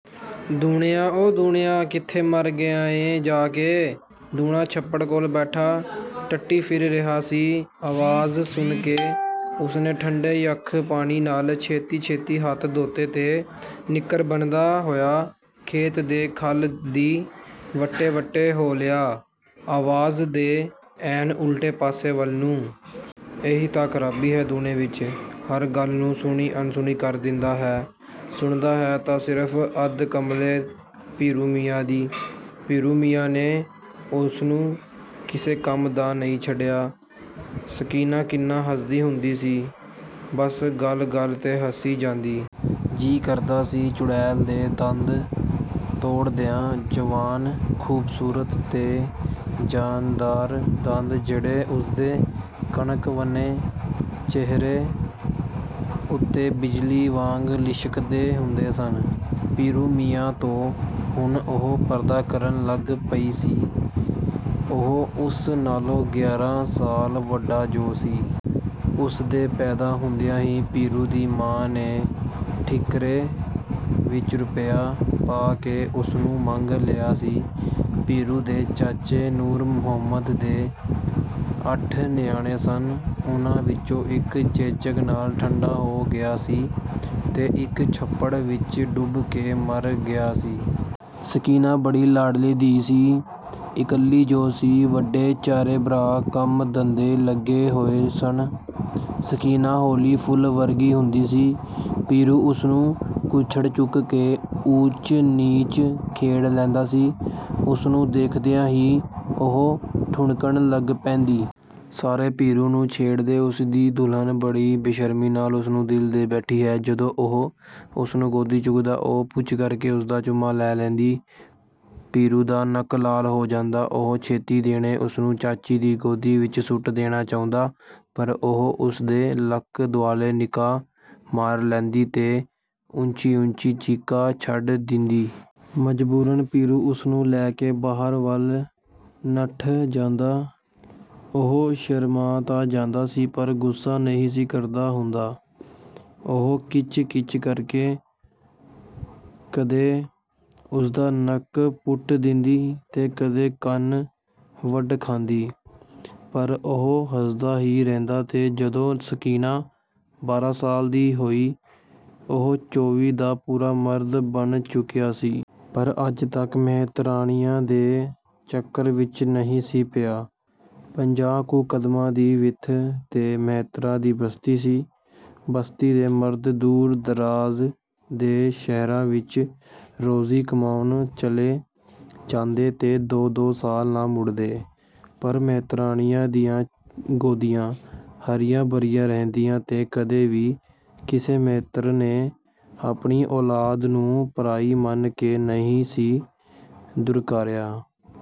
"ਦੂਣਿਆਂ, ਓ ਦੂਣਿਆਂ ਕਿੱਥੇ ਮਰ ਗਿਆ ਏਂ ਜਾ ਕੇ?" ਦੂਣਾ ਛੱਪੜ ਕੋਲ ਬੈਠਾ ਟੱਟੀ ਫਿਰ ਰਿਹਾ ਸੀ। ਆਵਾਜ਼ ਸੁਣ ਕੇ ਉਸਨੇ ਠੰਡੇ-ਯੱਖ ਪਾਣੀ ਨਾਲ ਛੇਤੀ-ਛੇਤੀ ਹੱਥ ਧੋਤੇ ਤੇ ਨਿੱਕਰ ਬੰਨ੍ਹਦਾ ਹੋਇਆ ਖੇਤ ਦੇ ਖਾਲ ਦੀ ਵੱਟੇ-ਵੱਟੇ ਹੋ ਲਿਆ ਆਵਾਜ਼ ਦੇ ਐਨ ਉਲਟੇ ਪਾਸੇ ਵੱਲ ਨੂੰ। ਇਹੀ ਤਾਂ ਖਰਾਬੀ ਹੈ ਦੂਣੇ ਵਿੱਚ, ਹਰ ਗੱਲ ਨੂੰ ਸੁਣੀ-ਅਣਸੁਣੀ ਕਰ ਦਿੰਦਾ ਹੈ। ਸੁਣਦਾ ਹੈ ਤਾਂ ਸਿਰਫ ਅੱਧ ਕਮਲੇ ਪੀਰੂ ਮੀਆਂ ਦੀ, ਪੀਰੂ ਮੀਆਂ ਨੇ ਉਸਨੂੰ ਕਿਸੇ ਕੰਮ ਦਾ ਨਹੀਂ ਛੱਡਿਆ। ਸਕੀਨਾ ਕਿੰਨਾ ਹੱਸਦੀ ਹੁੰਦੀ ਸੀ, ਬੱਸ ਗੱਲ-ਗੱਲ 'ਤੇ ਹੱਸੀ ਜਾਂਦੀ। ਜੀਅ ਕਰਦਾ ਸੀ, ਚੁੜੈਲ ਦੇ ਦੰਦ ਤੋੜ ਦਿਆਂ। ਜਵਾਨ, ਖੂਬਸੂਰਤ 'ਤੇ ਜਾਨਦਾਰ ਦੰਦ ਜਿਹੜੇ ਉਸਦੇ ਕਣਕ-ਵੰਨੇ ਚਿਹਰੇ ਉੱਤੇ ਬਿਜਲੀ ਵਾਂਗ ਲਿਸ਼ਕਦੇ ਹੁੰਦੇ ਸਨ। ਪੀਰੂ ਮੀਆਂ ਤੋਂ ਹੁਣ ਉਹ ਪਰਦਾ ਕਰਨ ਲੱਗ ਪਈ ਸੀ। ਉਹ ਉਸ ਨਾਲੋਂ ਗਿਆਰਾਂ ਸਾਲ ਵੱਡਾ ਜੋ ਸੀ। ਉਸਦੇ ਪੈਦਾ ਹੁੰਦਿਆਂ ਹੀ ਪੀਰੂ ਦੀ ਮਾਂ ਨੇ ਠੀਕਰੇ ਵਿੱਚ ਰੁਪਈਆ ਪਾ ਕੇ ਉਸਨੂੰ ਮੰਗ ਲਿਆ ਸੀ। ਪੀਰੂ ਦੇ ਚਾਚੇ ਨੂਰ ਮੁਹੰਮਦ ਦੇ ਅੱਠ ਨਿਆਣੇ ਸਨ। ਉਹਨਾਂ ਵਿੱਚੋਂ ਇੱਕ ਚੇਚਕ ਨਾਲ ਠੰਡਾ ਹੋ ਗਿਆ ਸੀ ਤੇ ਇੱਕ ਛੱਪੜ ਵਿੱਚ ਡੁੱਬ ਕੇ ਮਰ ਗਿਆ ਸੀ। ਸਕੀਨਾ ਬੜੀ ਲਾਡਲੀ ਧੀ ਸੀ, ਇਕੱਲੀ ਜੋ ਸੀ। ਵੱਡੇ ਚਾਰੇ ਭਰਾ ਕੰਮ-ਧੰਦੇ ਲੱਗੇ ਹੋਏ ਸਨ। ਸਕੀਨਾ ਹੌਲੀ ਫੁੱਲ ਵਰਗੀ ਹੁੰਦੀ ਸੀ। ਪੀਰੂ ਉਸਨੂੰ ਕੁੱਛੜ ਚੁੱਕ ਕੇ ਊਚ-ਨੀਚ ਖੇਡ ਲੈਂਦਾ ਸੀ। ਉਸਨੂੰ ਦੇਖਦਿਆਂ ਹੀ ਉਹ ਠੁਣਕਣ ਲੱਗ ਪੈਂਦੀ। ਸਾਰੇ ਪੀਰੂ ਨੂੰ ਛੇੜਦੇ "ਉਸਦੀ ਦੁਲਹਨ ਬੜੀ ਬੇਸ਼ਰਮੀ ਨਾਲ ਉਸਨੂੰ ਦਿਲ ਦੇ ਬੈਠੀ ਹੈ।" ਜਦੋਂ ਉਹ ਉਸਨੂੰ ਗੋਦੀ ਚੁੱਕਦਾ ਉਹ 'ਪੁੱਚ' ਕਰਕੇ ਉਸਦਾ ਚੁੰਮਾ ਲੈ ਲੈਂਦੀ। ਪੀਰੂ ਦਾ ਨੱਕ ਲਾਲ ਹੋ ਜਾਂਦਾ, ਉਹ ਛੇਤੀ ਦੇਣੇ ਉਸਨੂੰ ਚਾਚੀ ਦੀ ਗੋਦੀ ਵਿੱਚ ਸੁੱਟ ਦੇਣਾ ਚਾਹੁੰਦਾ, ਪਰ ਉਹ ਉਸਦੇ ਲੱਕ ਦੁਆਲੇ ਨਿੱਕਾ ਮਾਰ ਲੈਂਦੀ ਤੇ ਉੱਚੀ-ਉੱਚੀ ਚੀਕਾਂ ਛੱਡ ਦਿੰਦੀ। ਮਜਬੂਰਨ ਪੀਰੂ ਉਸਨੂੰ ਲੈ ਕੇ ਬਾਹਰ ਵੱਲ ਨੱਠ ਜਾਂਦਾ। ਉਹ ਸ਼ਰਮਾਅ ਤਾਂ ਜਾਂਦਾ ਸੀ ਪਰ ਗੁੱਸਾ ਨਹੀਂ ਸੀ ਕਰਦਾ ਹੁੰਦਾ। ਉਹ ਕਿਚ-ਕਿਚ ਕਰਕੇ, ਕਦੇ, ਉਸਦਾ ਨੱਕ ਪੁੱਟ ਦਿੰਦੀ ਤੇ ਕਦੇ ਕੰਨ ਵੱਢ ਖਾਂਦੀ, ਪਰ ਉਹ ਹੱਸਦਾ ਹੀ ਰਹਿੰਦਾ ਤੇ ਜਦੋਂ ਸਕੀਨਾ ਬਾਰਾਂ ਸਾਲ ਦੀ ਹੋਈ, ਉਹ ਚੌਵੀ ਦਾ ਪੂਰਾ ਮਰਦ ਬਣ ਚੁੱਕਿਆ ਸੀ। ਪਰ ਅੱਜ ਤੱਕ ਮੇਹਤਰਾਨੀਆਂ ਦੇ ਚੱਕਰ ਵਿੱਚ ਨਹੀਂ ਸੀ ਪਿਆ। ਪੰਜਾਹ ਕੁ ਕਦਮਾਂ ਦੀ ਵਿੱਥ 'ਤੇ ਮੇਹਤਰਾਂ ਦੀ ਬਸਤੀ ਸੀ। ਬਸਤੀ ਦੇ ਮਰਦ ਦੂਰ-ਦਰਾਜ਼ ਦੇ ਸ਼ਹਿਰਾਂ ਵਿੱਚ ਰੋਜ਼ੀ ਕਮਾਉਣ ਚਲੇ ਜਾਂਦੇ ਤੇ ਦੋ-ਦੋ ਸਾਲ ਨਾ ਮੁੜਦੇ, ਪਰ ਮੇਹਤਰਾਨੀਆਂ ਦੀਆਂ ਗੋਦੀਆਂ ਹਰੀਆਂ-ਭਰੀਆਂ ਰਹਿੰਦੀਆਂ ਤੇ ਕਦੇ ਵੀ ਕਿਸੇ ਮੇਹਤਰ ਨੇ ਆਪਣੀ ਔਲਾਦ ਨੂੰ ਪਰਾਈ ਮੰਨ ਕੇ ਨਹੀਂ ਸੀ ਦੁਰਕਾਰਿਆ।